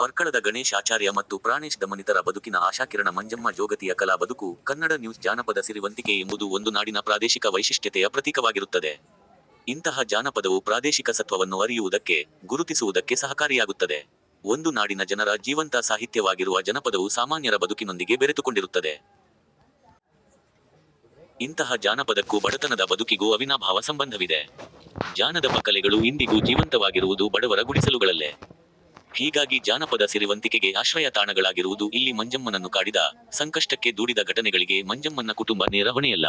ಪರ್ಕಳದ ಗಣೇಶ್ ಆಚಾರ್ಯ ಮತ್ತು ಪ್ರಾಣೇಶ್ ದಮನಿತರ ಬದುಕಿನ ಆಶಾಕಿರಣ ಮಂಜಮ್ಮ ಜೋಗತಿಯ ಕಲಾ ಬದುಕು – ಕನ್ನಡ ನ್ಯೂಸ್ ಜಾನಪದ ಸಿರಿವಂತಿಕೆ ಎಂಬುದು ಒಂದು ನಾಡಿನ ಪ್ರಾದೇಶಿಕ ವೈಶಿಷ್ಟ್ಯತೆಯ ಪ್ರತೀಕವಾಗಿರುತ್ತದೆ. ಇಂತಹ ಜಾನಪದವು ಪ್ರಾದೇಶಿಕ ಸತ್ವವನ್ನು ಅರಿಯುವುದಕ್ಕೆ, ಗುರುತಿಸುವುದಕ್ಕೆ ಸಹಕಾರಿಯಾಗುತ್ತದೆ. ಒಂದು ನಾಡಿನ ಜನರ ಜೀವಂತ ಸಾಹಿತ್ಯವಾಗಿರುವ ಜನಪದವು ಸಾಮಾನ್ಯರ ಬದುಕಿನೊಂದಿಗೆ ಬೆರೆತುಕೊಂಡಿರುತ್ತದೆ. ಇಂತಹ ಜಾನಪದಕ್ಕೂ ಬಡತನದ ಬದುಕಿಗೂ ಅವಿನಾಭಾವ ಸಂಬಂಧವಿದೆ. ಜಾನದಪ ಕಲೆಗಳು ಇಂದಿಗೂ ಜೀವಂತವಾಗಿರುವುದು ಬಡವರ ಗುಡಿಸಲುಗಳಲ್ಲೆ. ಹೀಗಾಗಿ ಜಾನಪದ ಸಿರಿವಂತಿಕೆಗೆ ಆಶ್ರಯ ತಾಣಗಳಾಗಿರುವುದು ಇಲ್ಲಿ ಮಂಜಮ್ಮನನ್ನು ಕಾಡಿದ, ಸಂಕಷ್ಟಕ್ಕೆ ದೂಡಿದ ಘಟನೆಗಳಿಗೆ ಮಂಜಮ್ಮನ್ನ ಕುಟುಂಬ ನೇರ ಹೊಣೆಯಲ್ಲ.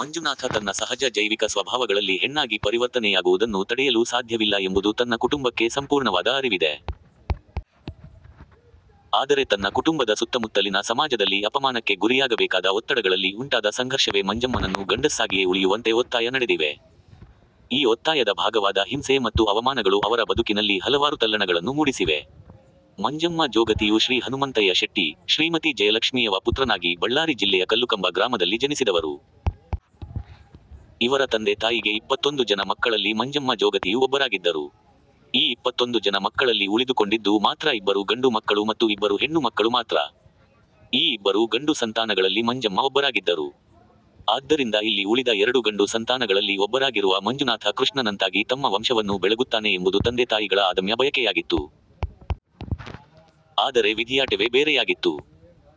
ಮಂಜುನಾಥ ತನ್ನ ಸಹಜ ಜೈವಿಕ ಸ್ವಭಾವಗಳಲ್ಲಿ ಹೆಣ್ಣಾಗಿ ಪರಿವರ್ತನೆಯಾಗುವುದನ್ನು ತಡೆಯಲು ಸಾಧ್ಯವಿಲ್ಲ ಎಂಬುದು ತನ್ನ ಕುಟುಂಬಕ್ಕೆ ಸಂಪೂರ್ಣವಾದ ಅರಿವಿದೆ. ಆದರೆ ತನ್ನ ಕುಟುಂಬದ ಸುತ್ತಮುತ್ತಲಿನ ಸಮಾಜದಲ್ಲಿ ಅಪಮಾನಕ್ಕೆ ಗುರಿಯಾಗಬೇಕಾದ ಒತ್ತಡಗಳಲ್ಲಿ ಉಂಟಾದ ಸಂಘರ್ಷವೇ ಮಂಜಮ್ಮನನ್ನು ಗಂಡಸ್ಸಾಗಿಯೇ ಉಳಿಯುವಂತೆ ಒತ್ತಾಯ ನಡೆದಿವೆ. ಈ ಒತ್ತಾಯದ ಭಾಗವಾದ ಹಿಂಸೆ ಮತ್ತು ಅವಮಾನಗಳು ಅವರ ಬದುಕಿನಲ್ಲಿ ಹಲವಾರು ತಲ್ಲಣಗಳನ್ನು ಮೂಡಿಸಿವೆ. ಮಂಜಮ್ಮ ಜೋಗತಿಯು ಶ್ರೀ ಹನುಮಂತಯ್ಯ ಶೆಟ್ಟಿ, ಶ್ರೀಮತಿ ಜಯಲಕ್ಷ್ಮೀಯವ ಪುತ್ರನಾಗಿ ಬಳ್ಳಾರಿ ಜಿಲ್ಲೆಯ ಕಲ್ಲುಕಂಬ ಗ್ರಾಮದಲ್ಲಿ ಜನಿಸಿದವರು. ಇವರ ತಂದೆ ತಾಯಿಗೆ ಇಪ್ಪತ್ತೊಂದು ಜನ ಮಕ್ಕಳಲ್ಲಿ ಮಂಜಮ್ಮ ಜೋಗತಿಯು ಒಬ್ಬರಾಗಿದ್ದರು. ಈ ಇಪ್ಪತ್ತೊಂದು ಜನ ಮಕ್ಕಳಲ್ಲಿ ಉಳಿದುಕೊಂಡಿದ್ದು ಮಾತ್ರ ಇಬ್ಬರು ಗಂಡು ಮಕ್ಕಳು ಮತ್ತು ಇಬ್ಬರು ಹೆಣ್ಣು ಮಕ್ಕಳು ಮಾತ್ರ. ಈ ಇಬ್ಬರು ಗಂಡು ಸಂತಾನಗಳಲ್ಲಿ ಮಂಜಮ್ಮ ಒಬ್ಬರಾಗಿದ್ದರು. ಆದ್ದರಿಂದ ಇಲ್ಲಿ ಉಳಿದ ಎರಡು ಗಂಡು ಸಂತಾನಗಳಲ್ಲಿ ಒಬ್ಬರಾಗಿರುವ ಮಂಜುನಾಥ ಕೃಷ್ಣನಂತಾಗಿ ತಮ್ಮ ವಂಶವನ್ನು ಬೆಳಗುತ್ತಾನೆ ಎಂಬುದು ತಂದೆ ತಾಯಿಗಳ ಆದಮ್ಯ ಬಯಕೆಯಾಗಿತ್ತು. ಆದರೆ ವಿಧಿಯಾಟವೇ ಬೇರೆಯಾಗಿತ್ತು.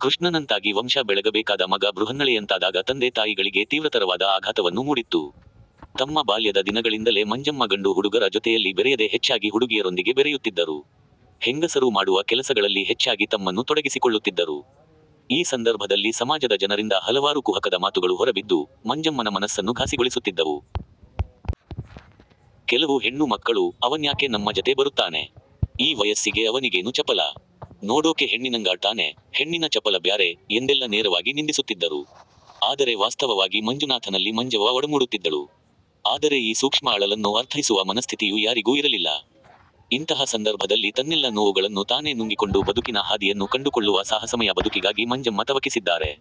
ಕೃಷ್ಣನಂತಾಗಿ ವಂಶ ಬೆಳಗಬೇಕಾದ ಮಗ ಬೃಹನ್ನಳೆಯಂತಾದಾಗ ತಂದೆ ತಾಯಿಗಳಿಗೆ ತೀವ್ರತರವಾದ ಆಘಾತವನ್ನು ಮೂಡಿತ್ತು. ತಮ್ಮ ಬಾಲ್ಯದ ದಿನಗಳಿಂದಲೆ ಮಂಜಮ್ಮ ಗಂಡು ಹುಡುಗರ ಜೊತೆಯಲ್ಲಿ ಬೆರೆಯದೆ ಹೆಚ್ಚಾಗಿ ಹುಡುಗಿಯರೊಂದಿಗೆ ಬೆರೆಯುತ್ತಿದ್ದರು. ಹೆಂಗಸರು ಮಾಡುವ ಕೆಲಸಗಳಲ್ಲಿ ಹೆಚ್ಚಾಗಿ ತಮ್ಮನ್ನು ತೊಡಗಿಸಿಕೊಳ್ಳುತ್ತಿದ್ದರು. ಈ ಸಂದರ್ಭದಲ್ಲಿ ಸಮಾಜದ ಜನರಿಂದ ಹಲವಾರು ಕುಹಕದ ಮಾತುಗಳು ಹೊರಬಿದ್ದು, ಮಂಜಮ್ಮನ ಮನಸ್ಸನ್ನು ಘಾಸಿಗೊಳಿಸುತ್ತಿದ್ದವು. ಕೆಲವು ಹೆಣ್ಣು ಮಕ್ಕಳು "ಅವನ್ಯಾಕೆ ನಮ್ಮ ಜತೆ ಬರುತ್ತಾನೆ? ಈ ವಯಸ್ಸಿಗೆ ಅವನಿಗೇನು ಚಪಲ. ನೋಡೋಕೆ ಹೆಣ್ಣಿನಂಗಾಡ್ತಾನೆ, ಹೆಣ್ಣಿನ ಚಪಲ ಬ್ಯಾರೆ" ಎಂದೆಲ್ಲ ನೇರವಾಗಿ ನಿಂದಿಸುತ್ತಿದ್ದರು. ಆದರೆ ವಾಸ್ತವವಾಗಿ ಮಂಜುನಾಥನಲ್ಲಿ ಮಂಜವ್ವ ಒಡಮೂಡುತ್ತಿದ್ದಳು. ಆದರೆ ಈ ಸೂಕ್ಷ್ಮ ಅಳಲನ್ನು ಅರ್ಥೈಸುವ ಮನಸ್ಥಿತಿಯು ಯಾರಿಗೂ ಇರಲಿಲ್ಲ. ಇಂತಹ ಸಂದರ್ಭದಲ್ಲಿ ತನ್ನೆಲ್ಲ ನೋವುಗಳನ್ನು ತಾನೆ ನುಂಗಿಕೊಂಡು ಬದುಕಿನ ಹಾದಿಯನ್ನು ಕಂಡುಕೊಳ್ಳುವ ಸಾಹಸಮಯ ಬದುಕಿಗಾಗಿ ಮಂಜಮ್ಮ ತವಕಿಸಿದ್ದಾರೆ.